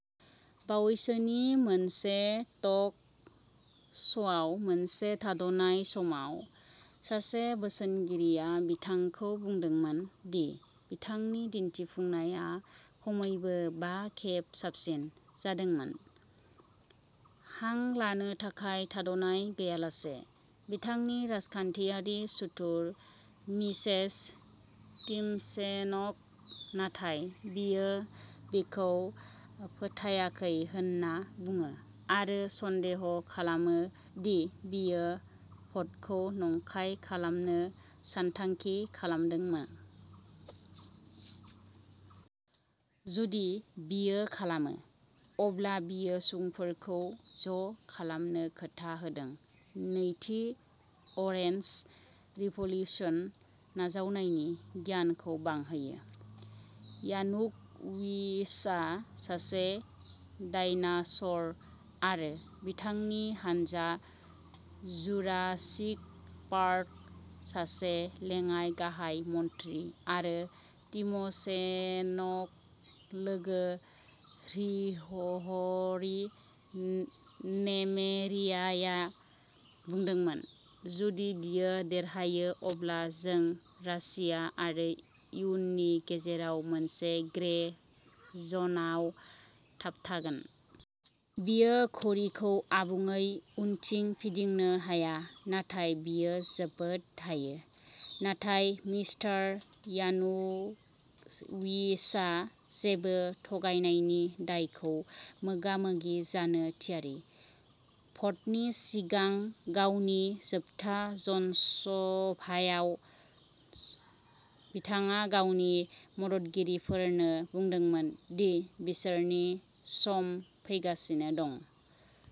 बावैसोनि मोनसे टक श'आव मोनसे थाद'नाय समाव, सासे बोसोनगिरिया बिथांखौ बुंदोंमोन दि बिथांनि दिन्थिफुंनाया खमैबो बा खेब "साबसिन" जादोंमोन, हां लानो थाखाय थाद'नाय गैयालासे। बिथांनि राजखान्थियारि सुथुर, मिसेस टिम'शेन्क', नाथाय, बियो बिखौ फोथायाखै होनना बुङो, आरो सन्देह खालामो दि बियो भटखौ नंखाय खालामनो सानथांखि खालामदोंमो। जुदि बियो खालामो, अब्ला बियो सुबुंफोरखौ ज'खालामनो खोथा होदों, नैथि अरेन्ज रिभ'लिउसन नाजावनायनि गिनायखौ बांहोयो। "यानुक'विचआ सासे डायनास'र आरो बिथांनि हानजा जुरासिक पार्क", सासे लेङाइ गाहाय मन्थ्रि आरो टिम'शेन्क'लोगो ह्रिहह'रि नेनेमेरियाया बुंदोंमोन। "जुदि बियो देरहायो अब्ला जों रासिया आरो इयुनि गेजेराव मोनसे ग्रे जनआव थाबथागोन। बियो घड़ीखौ आबुङै उनथिं फिदिंनो हाया नाथाय बियो जोबोद हायो। " नाथाय मिस्टार यानुक'विचआ जेबो थगायनायनि दायखौ मोगा-मोगि जानो थियारि। भटनि सिगां गावनि जोबथा जनसभायाव, बिथाङा गावनि मददगिरिफोरनो बुंदोंमोन दि बिसोरनि सम फैगासिनो दं।